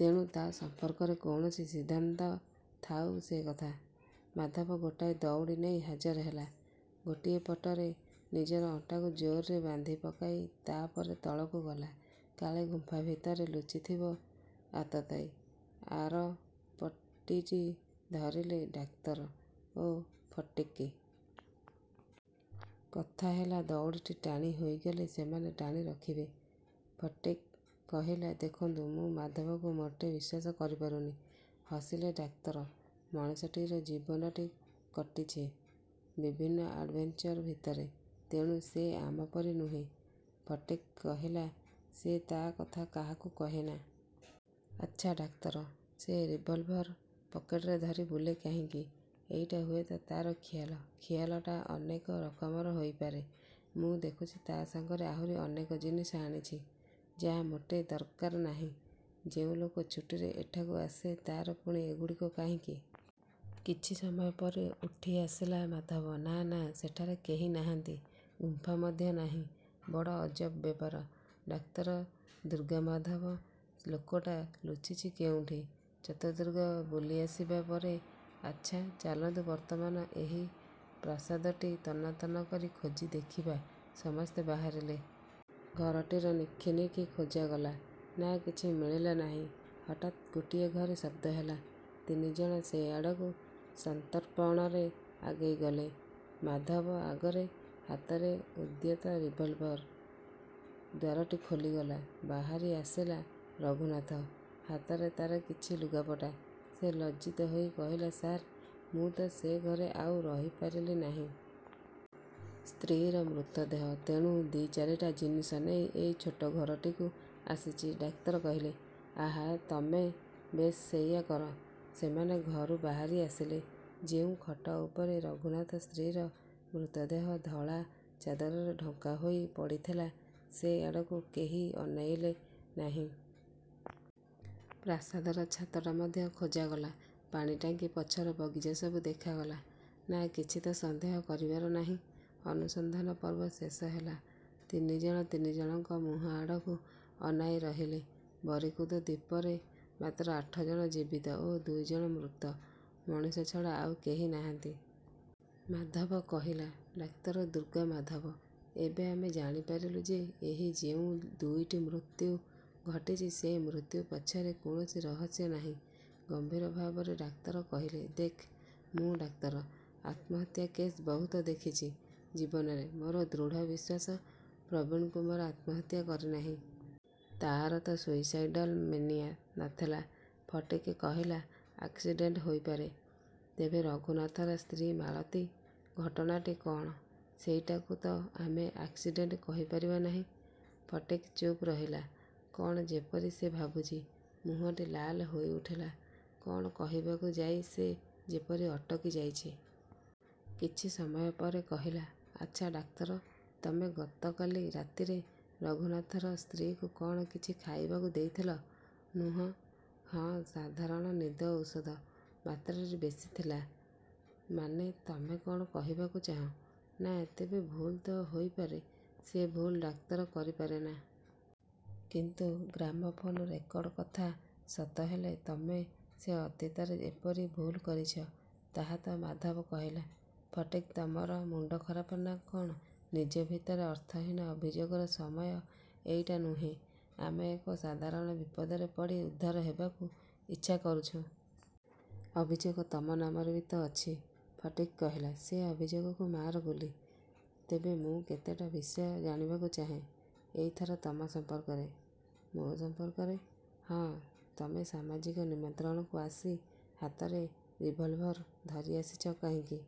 ତେଣୁ ତା ସମ୍ପର୍କରେ କୌଣସି ସିଦ୍ଧାନ୍ତ ଥାଉ ସେକଥା। ମାଧବ ଗୋଟାଏ ଦଉଡ଼ି ନେଇ ହାଜର ହେଲା। ଗୋଟିଏ ପଟରେ ନିଜର ଅଣ୍ଟାକୁ ଜୋରରେ ବାନ୍ଧିପକାଇଲା। ତା'ପରେ ତଳକୁ ଗଲା, କାଳେ ଗୁମ୍ଫା ଭିତରେ ଲୁଚିଥିବ ଆତତାୟୀ। ଆର ପଟିଟି ଧରିଲେ ଡାକ୍ତର ଓ ଫଟିକ୍। କଥା ହେଲା ଦଉଡ଼ିଟି ଟାଣି ହୋଇଗଲେ ସେମାନେ ଟାଣି ରଖିବେ। ଫଟିକ୍ କହିଲା-ଦେଖନ୍ତୁ, ମୁଁ ମାଧବକୁ ମୋଟେ ବିଶ୍ୱାସ କରିପାରୁନି। ହସିଲେ ଡାକ୍ତର-ମଣିଷଟିର ଜୀବନଟି କଟିଛି ବିଭିନ୍ନ ଆଡଭେଞ୍ଚର ଭିତରେ। ତେଣୁ ସେ ଆମ ପରି ନୁହେଁ। ଫଟିକ୍ କହିଲା-ସେ ତା କଥା କାହାକୁ କହେନା। ଆଚ୍ଛା ଡାକ୍ତର, ସେ ରିଭଲଭର୍ ପକେଟରେ ଧରି ବୁଲେ କାହିଁକି? -ଏଇଟା ହୁଏତ ତା'ର ଖିଆଲ। -ଖିଆଲଟା ଅନେକ ରକମର ହୋଇପାରେ। ମୁଁ ଦେଖୁଛି ତା ସାଙ୍ଗରେ ଆହୁରି ଅନେକ ଜିନିଷ ଆଣିଛି ଯାହା ମୋଟେ ଦରକାର ନାହିଁ। ଯେଉଁ ଲୋକ ଛୁଟିରେ ଏଠାକୁ ଆସେ ତା'ର ପୁଣି ଏଗୁଡ଼ିକ କାହିଁକି? କିଛି ସମୟ ପରେ ଉଠିଆସିଲା ମାଧବ-ନା, ନା, ସେଠାରେ କେହି ନାହାନ୍ତି। ଗୁମ୍ଫା ମଧ୍ୟ ନାହିଁ। ବଡ଼ ଅଜବ ବ୍ୟାପାର, ଡାକ୍ତର ଦୁର୍ଗାମାଧବ! ଲୋକଟା ଲୁଚିଛି କେଉଁଠି? ଚତୁର୍ଦ୍ଦିଗ ବୁଲିଆସିବା ପରେ ଆଚ୍ଛା, ଚାଲନ୍ତୁ ବର୍ତ୍ତମାନ ଏହି ପ୍ରାସାଦଟି ତନ୍ନତନ୍ନ କରି ଖୋଜି ଦେଖିବା। ସମସ୍ତେ ବାହାରିଲେ। ଘରଟିର ନିଖିନିଖି ଖୋଜାଗଲା। ନା, କିଛି ମିଳିଲା ନାହିଁ। ହଠାତ୍ ଗୋଟିଏ ଘରେ ଶଦ୍ଦ ହେଲା। ତିନିଜଣ ସେ ଆଡ଼କୁ ସନ୍ତର୍ପଣରେ ଆଗେଇଗଲେ। ମାଧବ ଆଗରେ। ହାତରେ ଉଦ୍ୟତ ରିଭଲଭର୍। ଦ୍ଵାରଟି ଖୋଲିଗଲା। ବାହାରିଆସିଲା ରଘୁନାଥ। ହାତରେ ତା'ର କିଛି ଲୁଗାପଟା। ସେ ଲଜ୍ଜିତ ହୋଇ କହିଲା-ସାର୍, ମୁଁ ତ ସେ ଘରେ ଆଉ ରହିପାରିଲି ନାହିଁ। ସ୍ତ୍ରୀର ମୃତଦେହ। ତେଣୁ ଦି'ଚାରିଟା ଜିନିଷ ନେଇ ଏଇ ଛୋଟ ଘରଟିକୁ ଆସିଛି। ଡାକ୍ତର କହିଲେ-ଆଃ, ତମେ! ବେଶ୍, ସେଇଆ କର। ସେମାନେ ଘରୁ ବାହାରିଆସିଲେ। ଯେଉଁ ଖଟ ଉପରେ ରଘୁନାଥ ସ୍ତ୍ରୀର ମୃତଦେହ ଧଳା ଚାଦରରେ ଢଙ୍କା ହୋଇ ପଡ଼ିଥିଲା ସେ ଆଡ଼କୁ କେହି ଅନାଇଲେ ନାହିଁ। ପ୍ରାସାଦର ଛାତଟା ମଧ୍ୟ ଖୋଜାଗଲା। ପାଣିଟାଙ୍କି, ପଛର ବଗିଚା ସବୁ ଦେଖାଗଲା। ନା, କିଛି ତ ସନ୍ଦେହ କରିବାର ନାହିଁ। ଅନୁସନ୍ଧାନ ପର୍ବ ଶେଷ ହେଲା। ତିନିଜଣ ତିନିଜଣଙ୍କ ମୁହଁ ଆଡ଼କୁ ଅନାଇରହିଲେ। ବରିକୁଦ ଦ୍ଵୀପରେ ମାତ୍ର ଆଠଜଣ ଜୀବିତ ଓ ଦୁଇଜଣ ମୃତ ମଣିଷ ଛଡ଼ା ଆଉ କେହି ନାହାନ୍ତି। ମାଧବ କହିଲା-ଡାକ୍ତର ଦୁର୍ଗାମାଧବ, ଏବେ ଆମେ ଜାଣିପାରିଲୁଁ ଯେ ଏହି ଯେଉଁ ଦୁଇଟି ମୃତ୍ୟୁ ଘଟିଛି ସେ ମୃତ୍ୟୁ ପଛରେ କୌଣସି ରହସ୍ୟ ନାହିଁ। ଗମ୍ଭୀର ଭାବରେ ଡାକ୍ତର କହିଲେ-ଦେଖ, ମୁଁ ଡାକ୍ତର। ଆତ୍ମାହତ୍ୟା କେସ୍ ବହୁତ ଦେଖିଛି ଜୀବନରେ। ମୋର ଦୃଢ଼ବିଶ୍ଵାସ, ପ୍ରବୀଣକୁମାର ଆତ୍ମହତ୍ୟା କରିନାହିଁ। ତା'ର ତ ସୁଇସାଇଡାଲ ମେନିଆ ନ ଥିଲା! ଫଟିକ୍ କହିଲା-ଆକ୍ସିଡେଣ୍ଟ ହୋଇପାରେ। ତେବେ ରଘୁନାଥର ସ୍ତ୍ରୀ ମାଳତୀ ଘଟଣାଟି କ'ଣ? ସେଇଟାକୁ ତ ଆମେ ଆକ୍ସିଡେଣ୍ଟ କହିପାରିବା ନାହିଁ। ଫଟିକ୍ ଚୁପ୍ ରହିଲା। କଣ ଯେପରି ସେ ଭାବୁଛି। ମୁହଁଟି ଲାଲ ହୋଇଉଠିଲା। କଣ କହିବାକୁ ଯାଇ ସେ ଯେପରି ଅଟକିଯାଇଛି। କିଛିସମୟ ପରେ କହିଲା-ଆଚ୍ଛା, ଡାକ୍ତର, ତମେ ଗତକାଲି ରାତିରେ ରଘୁନାଥର ସ୍ତ୍ରୀକୁ କ'ଣ କିଛି ଖାଇବାକୁ ଦେଇଥିଲ, ନୁହଁ? -ହଁ, ସାଧାରଣ ନିଦ ଔଷଧ। -ମାତ୍ରାଟି ବେଶି ଥିଲା? -ମାନେ, ତମେ କ'ଣ କହିବାକୁ ଚାହଁ? -ନା, ତେବେ ଭୁଲ ତ ହୋଇପାରେ। -ସେ ଭୁଲ ଡାକ୍ତର କରିପାରେନା। -କିନ୍ତୁ ଗ୍ରାମୋଫୋନ୍ ରେକର୍ଡ଼ କଥା ସତ ହେଲେ ତମେ ସେ ଅତୀତରେ ଏପରି ଭୁଲ କରିଛ, ତାହା ତ ମାଧବ କହିଲା-ଫଟିକ୍, ତମର ମୁଣ୍ଡ ଖରାପ ନା କ'ଣ? ନିଜ ଭିତରେ ଅର୍ଥହୀନ ଅଭିଯୋଗର ସମୟ ଏଇଟା ନୁହେଁ। ଆମେ ଏକ ସାଧାରଣ ବିପଦରେ ପଡ଼ି ଉଦ୍ଧାର ହେବାକୁ ଇଚ୍ଛା କରୁଛୁଁ। ଅଭିଯୋଗ ତମ ନାମରେ ବି ତ ଅଛି। ଫଟିକ୍ କହିଲା-ସେ ଅଭିଯୋଗକୁ ମାର ଗୁଲି। ତେବେ ମୁଁ କେତେଟା। ବିଷୟ ଜାଣିବାକୁ ଚାହେଁ। ଏଇଥର ତମ ସମ୍ପର୍କରେ -ମୋ ସମ୍ପର୍କରେ? -ହଁ, ତମେ ସାମାଜିକ ନିମନ୍ତ୍ରଣକୁ ଆସି ହାତରେ ରିଭଲଭର୍ ଧରି ଆସିଛି କାହିଁକି?